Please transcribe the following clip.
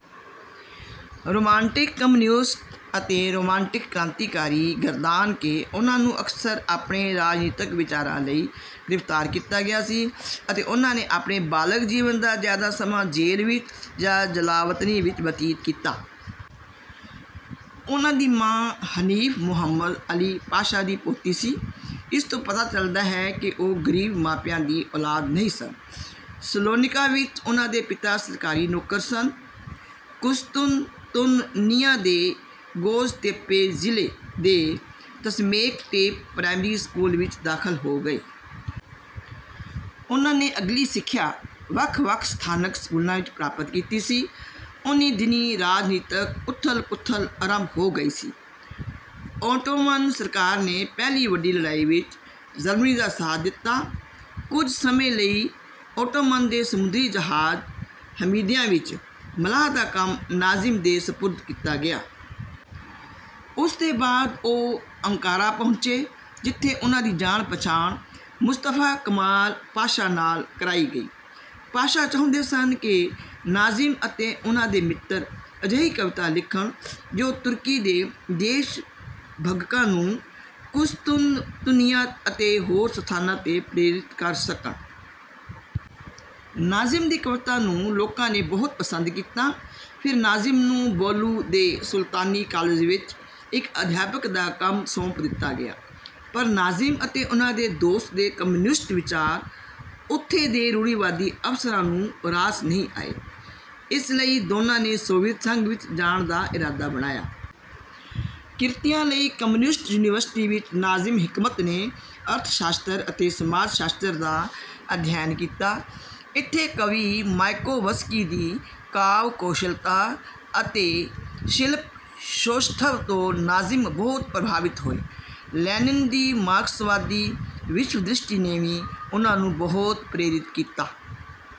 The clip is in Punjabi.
ਰੋਮਾਂਟਿਕ ਕਮਿਊਨਿਸਟ ਅਤੇ ਰੋਮਾਂਟਿਕ ਕ੍ਰਾਂਤੀਕਾਰੀ ਗਰਦਾਨ ਕੇ ਉਹਨਾਂ ਨੂੰ ਅਕਸਰ ਆਪਣੇ ਰਾਜਨੀਤਕ ਵਿਚਾਰਾਂ ਲਈ ਗਿਰਫਤਾਰ ਕੀਤਾ ਗਿਆ ਸੀ ਅਤੇ ਉਹਨਾਂ ਨੇ ਆਪਣੇ ਬਾਲਗ ਜੀਵਨ ਦਾ ਜ਼ਿਆਦਾ ਸਮਾਂ ਜੇਲ੍ਹ ਵਿੱਚ ਜਾਂ ਜਲਾਵਤਨੀ ਵਿੱਚ ਬਤੀਤ ਕੀਤਾ। ਉਹਨਾਂ ਦੀ ਮਾਂ ਹਨੀਫ਼ ਮੌਹੰਮਦ ਅਲੀ ਪਾਸ਼ਾ ਦੀ ਪੋਤੀ ਸੀ। ਇਸ ਤੋਂ ਪਤਾ ਚਲਦਾ ਹੈ ਕਿ ਉਹ ਗਰੀਬ ਮਾਪਿਆਂ ਦੀ ਔਲਾਦ ਨਹੀਂ ਸਨ। ਸਲੋਨਿਕਾ ਵਿੱਚ ਉਹਨਾਂ ਦੇ ਪਿਤਾ ਸਰਕਾਰੀ ਨੌਕਰ ਸਨ। ਕੁਸਤੁਨਤੁਨਨੀਆ ਦੇ ਗੋਜ਼ਤੇਪੇ ਜਿਲੇ ਦੇ ਤਸਮੇਕਟੇਪ ਪ੍ਰਾਇਮਰੀ ਸਕੂਲ ਵਿੱਚ ਦਾਖਲ ਹੋ ਗਏ। ਉਹਨਾਂ ਨੇ ਅਗਲੀ ਸਿੱਖਿਆ ਵੱਖ ਵੱਖ ਸਥਾਨਕ ਸਕੂਲਾਂ ਵਿੱਚ ਪ੍ਰਾਪਤ ਕੀਤੀ ਸੀ। ਉਨ੍ਹੀਂ ਦਿਨੀਂ ਰਾਜਨੀਤਕ ਉਥੱਲ-ਪੁਥਲ ਅਰੰਭ ਹੋ ਗਈ ਸੀ। ਔਟੋਮਨ ਸਰਕਾਰ ਨੇ ਪਹਿਲੀ ਵੱਡੀ ਲੜਾਈ ਵਿੱਚ ਜਰਮਨੀ ਦਾ ਸਾਥ ਦਿੱਤਾ। ਕੁੱਝ ਸਮੇਂ ਲਈ ਔਟੋਮਨ ਦੇ ਸਮੁੰਦਰੀ ਜਹਾਜ ਹਮੀਦਿਆ ਵਿੱਚ ਮਲਾਹ ਦਾ ਕੰਮ ਨਾਜ਼ਿਮ ਦੇ ਸਪੁਰਦ ਕੀਤਾ ਗਿਆ। ਉਸਦੇ ਬਾਅਦ ਉਹ ਅੰਕਾਰਾ ਪਹੁੰਚੇ ਜਿਥੇ ਉਹਨਾਂ ਦੀ ਜਾਣ ਪਛਾਣ ਮੁਸਤਫਾ ਕਮਾਲ ਪਾਸ਼ਾ ਨਾਲ ਕਰਾਈ ਗਈ। ਪਾਸ਼ਾ ਚਾਹੁੰਦੇ ਸਨ ਕਿ ਨਾਜਿਮ ਅਤੇ ਉਹਨਾਂ ਦੇ ਮਿੱਤਰ ਅਜਿਹੀ ਕਵਿਤਾ ਲਿਖਣ ਜੋ ਤੁਰਕੀ ਦੇ ਦੇਸ਼ਭਗਕਾਂ ਨੂੰ ਕੁਸਤੁਨਤੁਨੀਆ ਅਤੇ ਹੋਰ ਸਥਾਨਾਂ ਤੇ ਪ੍ਰੇਰਿਤ ਕਰ ਸਕਣ। ਨਾਜ਼ਿਮ ਦੀ ਕਵਿਤਾ ਨੂੰ ਲੋਕਾਂ ਨੇ ਬਹੁਤ ਪਸੰਦ ਕੀਤਾ। ਫਿਰ ਨਾਜ਼ਿਮ ਨੂੰ ਬੋਲੂ ਦੇ ਸੁਲਤਾਨੀ ਕਾਲਜ ਵਿੱਚ ਇੱਕ ਅਧਿਆਪਕ ਦਾ ਕੰਮ ਸੌਂਪ ਦਿੱਤਾ ਗਿਆ। ਪਰ ਨਾਜ਼ਿਮ ਅਤੇ ਉਹਨਾਂ ਦੇ ਦੋਸਤ ਦੇ ਕਮਿਊਨਿਸਟ ਵਿਚਾਰ ਉੱਥੇ ਦੇ ਰੂੜੀਵਾਦੀ ਅਫਸਰਾਂ ਨੂੰ ਰਾਸ ਨਹੀਂ ਆਏ ਇਸ ਲਈ ਦੋਨਾਂ ਨੇ ਸੋਵੀਅਤ ਸੰਘ ਵਿੱਚ ਜਾਣ ਦਾ ਇਰਾਦਾ ਬਣਾਇਆ। ਕਿਰਤੀਆਂ ਲਈ ਕਮਿਊਨਿਸਟ ਯੂਨੀਵਰਸਿਟੀ ਵਿੱਚ ਨਾਜ਼ਿਮ ਹਿਕਮਤ ਨੇ ਅਰਥ ਸ਼ਾਸਤਰ ਅਤੇ ਸਮਾਜ ਸ਼ਾਸਤਰ ਦਾ ਅਧਿਐਨ ਕੀਤਾ। ਇੱਥੇ ਕਵੀ ਮਾਇਕੋਵਸਕੀ ਦੀ ਕਾਵਿ-ਕੌਸ਼ਲਤਾ ਅਤੇ ਸ਼ਿਲਪ ਸੌਸ਼ਠਵ ਤੋਂ ਨਾਜ਼ਿਮ ਬਹੁਤ ਪ੍ਰਭਾਵਿਤ ਹੋਏ। ਲੈਨਿਨ ਦੀ ਮਾਰਕਸਵਾਦੀ ਵਿਸ਼ਵਦ੍ਰਿਸ਼ਟੀ ਨੇ ਵੀ ਉਹਨਾਂ ਨੂੰ ਬਹੁਤ ਪ੍ਰੇਰਿਤ ਕੀਤਾ।